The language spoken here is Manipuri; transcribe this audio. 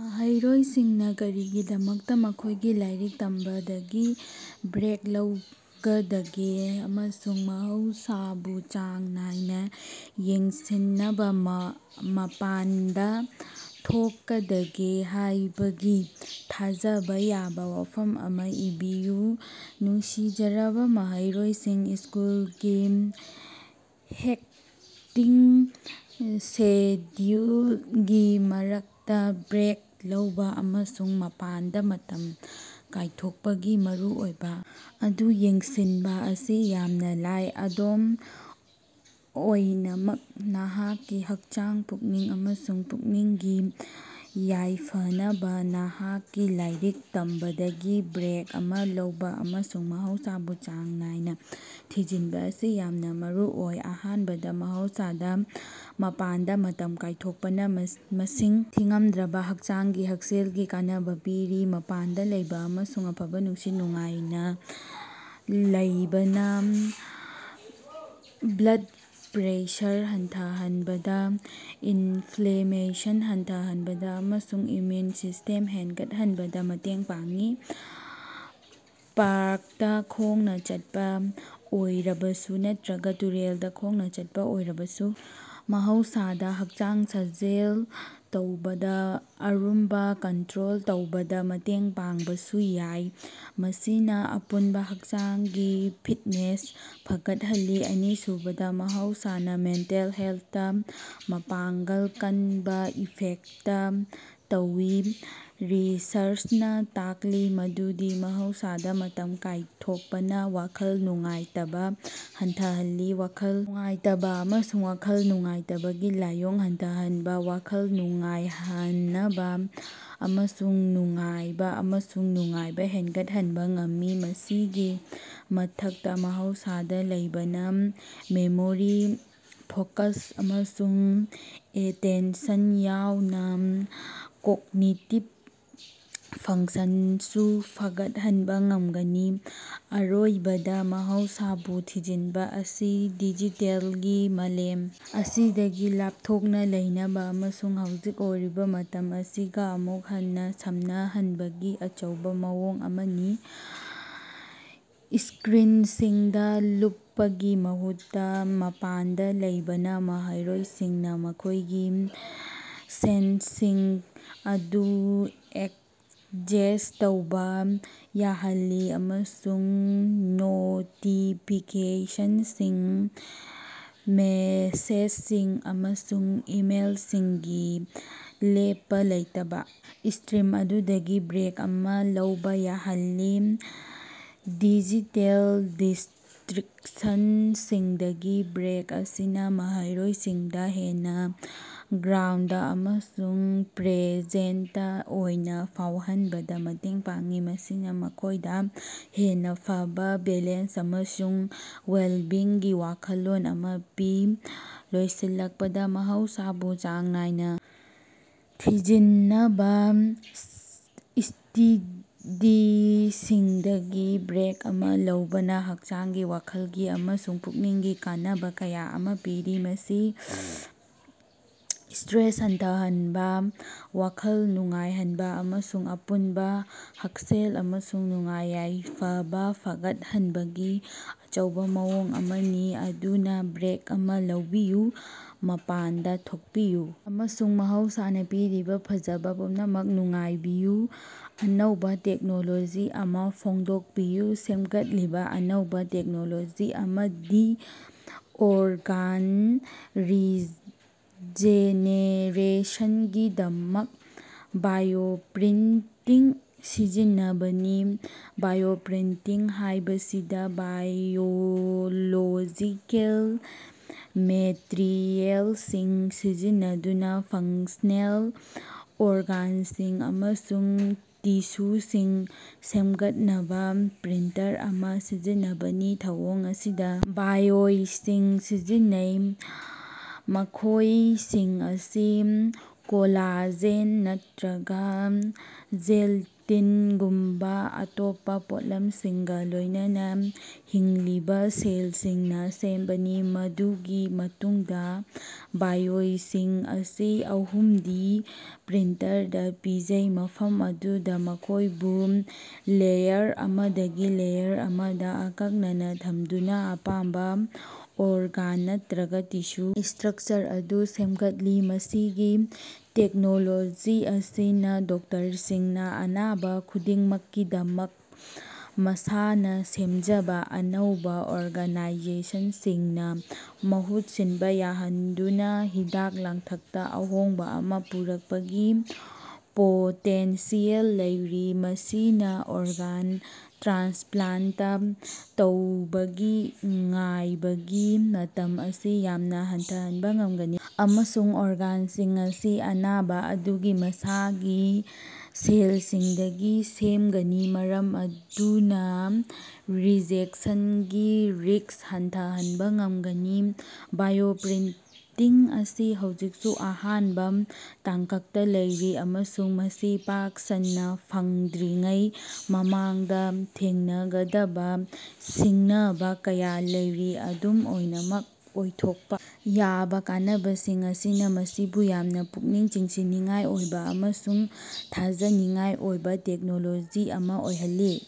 ꯃꯍꯩꯔꯣꯏꯁꯤꯡꯅ ꯀꯔꯤꯒꯤꯗꯃꯛꯇ ꯃꯈꯣꯏꯒꯤ ꯂꯥꯏꯔꯤꯛ ꯇꯝꯕꯗꯒꯤ ꯕ꯭ꯔꯦꯛ ꯂꯧꯒꯗꯒꯦ ꯑꯃꯁꯨꯡ ꯃꯍꯧꯁꯥꯕꯨ ꯆꯥꯡ ꯅꯥꯏꯅ ꯌꯦꯡꯁꯤꯟꯅꯕ ꯃꯄꯥꯟꯗ ꯊꯣꯛꯀꯗꯒꯦ ꯍꯥꯏꯕꯒꯤ ꯊꯥꯖꯕ ꯌꯥꯕ ꯋꯥꯐꯝ ꯑꯃ ꯏꯕꯤꯌꯨ꯫ ꯅꯨꯡꯁꯤꯖꯔꯕ ꯃꯍꯩꯔꯣꯏꯁꯤꯡ, ꯁ꯭ꯀꯨꯜꯒꯤ ꯍꯦꯛꯇꯤꯛ ꯁꯦꯗ꯭ꯌꯨꯜꯒꯤ ꯃꯔꯛꯇꯥ ꯕ꯭ꯔꯦꯛ ꯂꯧꯕ ꯑꯃꯁꯨꯡ ꯃꯄꯥꯟꯗ ꯃꯇꯝ ꯀꯥꯏꯊꯣꯛꯄꯒꯤ ꯃꯔꯨꯑꯣꯏꯕ ꯑꯗꯨ ꯌꯦꯡꯁꯤꯟꯕ ꯑꯁꯤ ꯌꯥꯝꯅ ꯂꯥꯏ꯫ ꯑꯗꯨꯝ ꯑꯣꯏꯅꯃꯛ, ꯅꯍꯥꯛꯀꯤ ꯍꯛꯆꯥꯡ, ꯄꯨꯛꯅꯤꯡ ꯑꯃꯁꯨꯡ ꯄꯨꯛꯅꯤꯡꯒꯤ ꯌꯥꯏꯐꯅꯕꯥ ꯅꯍꯥꯛꯀꯤ ꯂꯥꯏꯔꯤꯛ ꯇꯝꯕꯗꯒꯤ ꯕ꯭ꯔꯦꯛ ꯑꯃꯥ ꯂꯧꯕ ꯑꯃꯁꯨꯡ ꯃꯍꯧꯁꯥꯕꯨ ꯆꯥꯡ ꯅꯥꯏꯅꯥ ꯊꯤꯖꯤꯟꯕ ꯑꯁꯤ ꯌꯥꯝꯅ ꯃꯔꯨꯑꯣꯏ꯫ ꯑꯍꯥꯟꯕꯗ, ꯃꯍꯧꯁꯥꯗ ꯃꯄꯥꯟꯗ ꯃꯇꯝ ꯀꯥꯏꯊꯣꯛꯄꯅ ꯃꯁꯤꯡ ꯊꯤꯉꯝꯗ꯭ꯔꯕ ꯍꯛꯆꯥꯡꯒꯤ ꯍꯛꯁꯦꯜꯒꯤ ꯀꯥꯟꯅꯕ ꯄꯤꯔꯤ꯫ ꯃꯄꯥꯟꯗꯥ ꯂꯩꯕ ꯑꯃꯁꯨꯡ ꯑꯐꯕ ꯅꯨꯡꯁꯤꯠ ꯅꯨꯡꯉꯥꯏꯅ ꯂꯩꯕꯅ ꯕ꯭ꯂꯗ ꯄ꯭ꯔꯦꯁꯔ ꯍꯟꯊꯍꯟꯕꯗ, ꯏꯟꯐ꯭ꯂꯦꯃꯦꯁꯟ ꯍꯟꯊꯍꯟꯕꯗ ꯑꯃꯁꯨꯡ ꯏꯝꯃ꯭ꯌꯨꯟ ꯁꯤꯁ꯭ꯇꯦꯝ ꯍꯦꯟꯒꯠꯍꯟꯕꯗ ꯃꯇꯦꯡ ꯄꯥꯡꯏ꯫ ꯄꯥꯔꯛꯇꯥ ꯈꯣꯡꯅ ꯆꯠꯄ ꯑꯣꯏꯔꯕꯁꯨ ꯅꯠꯇ꯭ꯔꯒ ꯇꯨꯔꯦꯜꯗ ꯈꯣꯡꯅ ꯆꯠꯄꯥ ꯑꯣꯏꯔꯕꯁꯨ, ꯃꯍꯧꯁꯥꯗ ꯍꯛꯆꯥꯡ ꯁꯥꯖꯦꯜ ꯇꯧꯕꯗ ꯑꯔꯨꯝꯕ ꯀꯟꯇ꯭ꯔꯣꯜ ꯇꯧꯕꯗ ꯃꯇꯦꯡ ꯄꯥꯡꯕꯁꯨ ꯌꯥꯏ, ꯃꯁꯤꯅꯥ ꯑꯄꯨꯟꯕ ꯍꯛꯆꯥꯡꯒꯤ ꯐꯤꯠꯅꯦꯁ ꯐꯒꯠꯍꯜꯂꯤ꯫ ꯑꯅꯤꯁꯨꯕꯗ, ꯃꯍꯧꯁꯥꯅ ꯃꯦꯟꯇꯦꯜ ꯍꯦꯜꯊꯇ ꯃꯄꯥꯡꯒꯜ ꯀꯟꯕ ꯏꯐꯦꯛꯇ ꯇꯧꯏ꯫ ꯔꯤꯁꯔꯆꯅꯥ ꯇꯥꯛꯂꯤ ꯃꯗꯨꯗꯤ ꯃꯍꯧꯁꯥꯗ ꯃꯇꯝ ꯀꯥꯏꯊꯣꯛꯄꯅ ꯋꯥꯈꯜ ꯅꯨꯡꯉꯥꯏꯇꯕ ꯍꯟꯊꯍꯟꯕ, ꯋꯥꯈꯜ ꯅꯨꯡꯉꯥꯏꯇꯕ ꯑꯃꯁꯨꯡ ꯋꯥꯈꯜ ꯅꯨꯡꯉꯥꯏꯇꯕꯒꯤ ꯂꯥꯏꯑꯣꯡ ꯍꯟꯊꯍꯟꯕ, ꯋꯥꯈꯜ ꯅꯨꯡꯉꯥꯏꯍꯅꯕꯥ ꯑꯃꯁꯨꯡ ꯅꯨꯡꯉꯥꯏꯕꯥ ꯑꯃꯁꯨꯡ ꯅꯨꯡꯉꯥꯏꯕꯥ ꯍꯦꯟꯒꯠꯍꯟꯕ ꯉꯝꯃꯤ꯫ ꯃꯁꯤꯒꯤ ꯃꯊꯛꯇ, ꯃꯍꯧꯁꯥꯗꯥ ꯂꯩꯕꯅꯥ ꯃꯦꯃꯣꯔꯤ, ꯐꯣꯀꯁ ꯑꯃꯁꯨꯡ ꯑꯦꯇꯦꯟꯁꯟ ꯌꯥꯎꯅ ꯀꯣꯒꯅꯤꯇꯤꯕ ꯐꯪꯁꯟꯁꯨ ꯐꯒꯠꯍꯟꯕ ꯉꯝꯒꯅꯤ꯫ ꯑꯔꯣꯏꯕꯗ ꯃꯍꯧꯁꯥꯕꯨ ꯊꯤꯖꯤꯟꯕ ꯑꯁꯤ ꯗꯤꯖꯤꯇꯦꯜꯒꯤ ꯃꯥꯂꯦꯝ ꯑꯁꯤꯗꯒꯤ ꯂꯥꯞꯊꯣꯛꯅ ꯂꯩꯅꯕ ꯑꯃꯁꯨꯡ ꯍꯧꯖꯤꯛ ꯑꯣꯏꯔꯤꯕ ꯃꯇꯝ ꯑꯁꯤꯒ ꯑꯃꯨꯛ ꯍꯟꯅ ꯁꯝꯅꯍꯟꯕꯒꯤ ꯑꯆꯧꯕ ꯃꯑꯣꯡ ꯑꯃꯅꯤ꯫ ꯁ꯭ꯀꯔꯤꯟꯁꯤꯡꯗ ꯂꯨꯞꯄꯒꯤ ꯃꯍꯨꯠꯇ ꯃꯄꯥꯟꯗ ꯂꯩꯕꯅ ꯃꯍꯩꯔꯣꯏꯁꯤꯡꯅ ꯃꯈꯣꯏꯒꯤ ꯁꯦꯟꯁꯁꯤꯡ ꯑꯗꯨ ꯑꯦꯡꯒꯦꯖ ꯇꯧꯕ ꯌꯥꯍꯜꯂꯤ ꯑꯃꯁꯨꯡ ꯅꯣꯇꯤꯐꯤꯀꯦꯁꯟꯁꯤꯡ, ꯃꯦꯁꯦꯖꯁꯤꯡ ꯑꯃꯁꯨꯡ ꯏꯃꯦꯜꯁꯤꯡꯒꯤ ꯂꯦꯞꯄ ꯂꯩꯇꯕ ꯁ꯭ꯇꯔꯤꯝ ꯑꯗꯨꯗꯒꯤ ꯕ꯭ꯔꯦꯛ ꯑꯃ ꯂꯧꯕ ꯌꯥꯍꯜꯂꯤ꯫ ꯗꯤꯖꯤꯇꯦꯜ ꯗꯤꯁꯇ꯭ꯔꯤꯛꯁꯟꯁꯤꯡꯗꯒꯤ ꯕ꯭ꯔꯦꯛ ꯑꯁꯤꯅ ꯃꯍꯩꯔꯣꯏꯁꯤꯡꯗ ꯍꯦꯟꯅ ꯒ꯭ꯔꯥꯎꯟꯗ ꯑꯃꯁꯨꯡ ꯄ꯭ꯔꯦꯖꯦꯟꯇ ꯑꯣꯏꯅ ꯐꯥꯎꯍꯟꯕꯗ ꯃꯇꯦꯡ ꯄꯥꯡꯏ, ꯃꯁꯤꯅ ꯃꯈꯣꯏꯗ ꯍꯦꯟꯅ ꯐꯕꯥ ꯕꯦꯂꯦꯟꯁ ꯑꯃꯁꯨꯡ ꯋꯦꯜꯕꯤꯡꯒꯤ ꯋꯥꯈꯜꯂꯣꯟ ꯑꯃ ꯄꯤ꯫ ꯂꯣꯏꯁꯤꯜꯂꯛꯄꯗ, ꯃꯍꯧꯁꯥꯕꯨ ꯆꯥꯡ ꯅꯥꯏꯅ ꯊꯤꯖꯤꯟꯅꯕ ꯁ꯭ꯇꯗꯤꯁꯤꯡꯗꯒꯤ ꯕ꯭ꯔꯦꯛ ꯑꯃ ꯂꯧꯕꯅ ꯍꯛꯆꯥꯡꯒꯤ, ꯋꯥꯈꯜꯒꯤ ꯑꯃꯁꯨꯡ ꯄꯨꯛꯅꯤꯡꯒꯤ ꯀꯥꯟꯅꯕ ꯀꯌꯥ ꯑꯃ ꯄꯤꯔꯤ꯫ ꯃꯁꯤ ꯁ꯭ꯠꯔꯦꯁ ꯍꯟꯊꯍꯟꯕ, ꯋꯥꯈꯜ ꯅꯨꯡꯉꯥꯏꯍꯟꯕ ꯑꯃꯁꯨꯡ ꯑꯄꯨꯟꯕ ꯍꯛꯁꯦꯜ ꯑꯃꯁꯨꯡ ꯅꯨꯡꯉꯥꯏ-ꯌꯥꯏꯐꯕ ꯐꯒꯠꯍꯟꯕꯒꯤ ꯑꯆꯧꯕ ꯃꯑꯣꯡ ꯑꯃꯅꯤ꯫ ꯑꯗꯨꯅꯥ, ꯕ꯭ꯔꯦꯛ ꯑꯃꯥ ꯂꯧꯕꯤꯌꯨ, ꯃꯄꯥꯟꯗ ꯊꯣꯛꯄꯤꯌꯨ, ꯑꯃꯁꯨꯡ ꯃꯍꯧꯁꯥꯅ ꯄꯤꯔꯤꯕ ꯐꯖꯕ ꯄꯨꯝꯅꯃꯛ ꯅꯨꯡꯉꯥꯏꯕꯤꯌꯨ꯫ ꯑꯅꯧꯕ ꯇꯦꯛꯅꯣꯂꯣꯖꯤ ꯑꯃ ꯐꯣꯡꯗꯣꯛꯄꯤꯌꯨ꯫ ꯁꯦꯝꯒꯠꯂꯤꯕ ꯑꯅꯧꯕꯥ ꯇꯦꯛꯅꯣꯂꯣꯖꯤ ꯑꯃꯗꯤ ꯑꯣꯔꯒꯥꯟ ꯔꯤꯖꯦꯅꯦꯔꯦꯁꯟꯒꯤꯗꯃꯛ ꯕꯥꯏꯑꯣꯄ꯭ꯔꯤꯟꯇꯤꯡ ꯁꯤꯖꯤꯟꯅꯕꯅꯤ꯫ ꯕꯥꯏꯑꯣꯄ꯭ꯔꯤꯟꯇꯤꯡ ꯍꯥꯏꯕꯁꯤꯗ ꯕꯥꯏꯑꯣꯂꯣꯖꯤꯀꯦꯜ ꯃꯦꯇꯔꯤꯑꯦꯜꯁꯤꯡ ꯁꯤꯖꯤꯟꯅꯗꯨꯅ ꯐꯪꯁꯅꯦꯜ ꯑꯣꯔꯒꯥꯟꯁꯤꯡ ꯑꯃꯁꯨꯡ ꯇꯤꯁꯨꯁꯤꯡ ꯁꯦꯝꯒꯠꯅꯕ ꯄ꯭ꯔꯤꯟꯇꯔ ꯑꯃ ꯁꯤꯖꯤꯟꯅꯕꯅꯤ꯫ ꯊꯧꯑꯣꯡ ꯑꯁꯤꯗ ꯕꯥꯏꯑꯣꯏꯁꯤꯡ ꯁꯤꯖꯤꯟꯅꯩ, ꯃꯈꯣꯏꯁꯤꯡ ꯑꯁꯤ ꯀꯣꯂꯥꯖꯦꯟ ꯅꯠꯇ꯭ꯔꯒ ꯖꯦꯜꯇꯤꯟꯒꯨꯝꯕ ꯑꯇꯣꯞꯄ ꯄꯣꯠꯂꯝꯁꯤꯡꯒ ꯂꯣꯏꯅꯅ ꯍꯤꯡꯂꯤꯕ ꯁꯦꯜꯁꯤꯡꯅ ꯁꯦꯝꯕꯅꯤ꯫ ꯃꯗꯨꯒꯤ ꯃꯇꯨꯡꯗꯥ ꯕꯥꯏꯑꯣꯏꯁꯤꯡ ꯑꯁꯤ ꯑꯍꯨꯝꯗꯤ ꯄ꯭ꯔꯤꯟꯇꯔꯗ ꯄꯤꯖꯩ, ꯃꯐꯝ ꯑꯗꯨꯗ ꯃꯈꯣꯏꯕꯨ ꯂꯦꯌꯔ ꯑꯃꯗꯒꯤ ꯂꯦꯌꯔ ꯑꯃꯗꯥ ꯑꯀꯛꯅꯅ ꯊꯝꯗꯨꯅ ꯑꯄꯥꯝꯕ ꯑꯣꯔꯒꯥꯟ ꯅꯠꯇ꯭ꯔꯒ ꯇꯤꯁꯨ ꯁꯇ꯭ꯔꯛꯆꯔ ꯑꯗꯨ ꯁꯦꯝꯒꯠꯂꯤ꯫ ꯃꯁꯤꯒꯤ ꯇꯦꯛꯅꯣꯂꯣꯖꯤ ꯑꯁꯤꯅꯥ ꯗꯣꯛꯇꯔꯁꯤꯡꯅꯥ ꯑꯅꯥꯕꯥ ꯈꯨꯗꯤꯡꯃꯛꯀꯤꯗꯃꯛ ꯃꯁꯥꯅꯥ ꯁꯦꯝꯖꯕ ꯑꯅꯧꯕ ꯑꯣꯔꯒꯅꯥꯏꯖꯦꯁꯟꯁꯤꯡꯅ ꯃꯍꯨꯠ ꯁꯤꯟꯕ ꯌꯥꯍꯟꯗꯨꯅ ꯍꯤꯗꯥꯛ ꯂꯥꯡꯊꯛꯇ ꯑꯍꯣꯡꯕ ꯑꯃ ꯄꯨꯔꯛꯄꯒꯤ ꯄꯣꯇꯦꯟꯁꯤꯌꯦꯜ ꯂꯩꯔꯤ꯫ ꯃꯁꯤꯅ ꯑꯣꯔꯒꯥꯟ ꯇ꯭ꯔꯥꯟꯁꯄ꯭ꯂꯥꯟꯇ ꯇꯧꯕꯒꯤ ꯉꯥꯏꯕꯒꯤ ꯃꯇꯝ ꯑꯁꯤ ꯌꯥꯝꯅ ꯍꯟꯊꯍꯟꯕ ꯉꯝꯒꯅꯤ ꯑꯃꯁꯨꯡ ꯑꯣꯔꯒꯥꯟꯁꯤꯡ ꯑꯁꯤ ꯑꯅꯥꯕ ꯑꯗꯨꯒꯤ ꯃꯁꯥꯒꯤ ꯁꯦꯜꯁꯤꯡꯗꯒꯤ ꯁꯦꯝꯒꯅꯤ ꯃꯔꯝ ꯑꯗꯨꯅ ꯔꯤꯖꯦꯛꯁꯟꯒꯤ ꯔꯤꯁ꯭ꯛ ꯍꯟꯊꯍꯟꯕ ꯉꯝꯒꯅꯤ꯫ ꯕꯥꯏꯑꯣꯄ꯭ꯔꯤꯟꯇꯤꯡ ꯑꯁꯤ ꯍꯧꯖꯤꯛꯁꯨ ꯑꯍꯥꯟꯕ ꯇꯥꯡꯀꯛꯇ ꯂꯩꯔꯤ ꯑꯃꯁꯨꯡ ꯃꯁꯤ ꯄꯥꯛ ꯁꯟꯅ ꯐꯪꯗ꯭ꯔꯤꯉꯩ ꯃꯃꯥꯡꯗ ꯊꯦꯡꯅꯒꯗꯕ ꯁꯤꯡꯅꯕ ꯀꯌꯥ ꯂꯩꯔꯤ꯫ ꯑꯗꯨꯝ ꯑꯣꯏꯅꯃꯛ, ꯑꯣꯏꯊꯣꯛꯄ ꯌꯥꯕ ꯀꯥꯟꯅꯕꯁꯤꯡ ꯑꯁꯤꯅ ꯃꯁꯤꯕꯨ ꯌꯥꯝꯅ ꯄꯨꯛꯅꯤꯡ ꯆꯤꯡꯁꯤꯟꯅꯤꯡꯉꯥꯏ ꯑꯣꯏꯕ ꯑꯃꯁꯨꯡ ꯊꯥꯖꯅꯤꯡꯉꯥꯏ ꯑꯣꯏꯕ ꯇꯦꯛꯅꯣꯂꯣꯖꯤ ꯑꯃ ꯑꯣꯏꯍꯜꯂꯤ꯫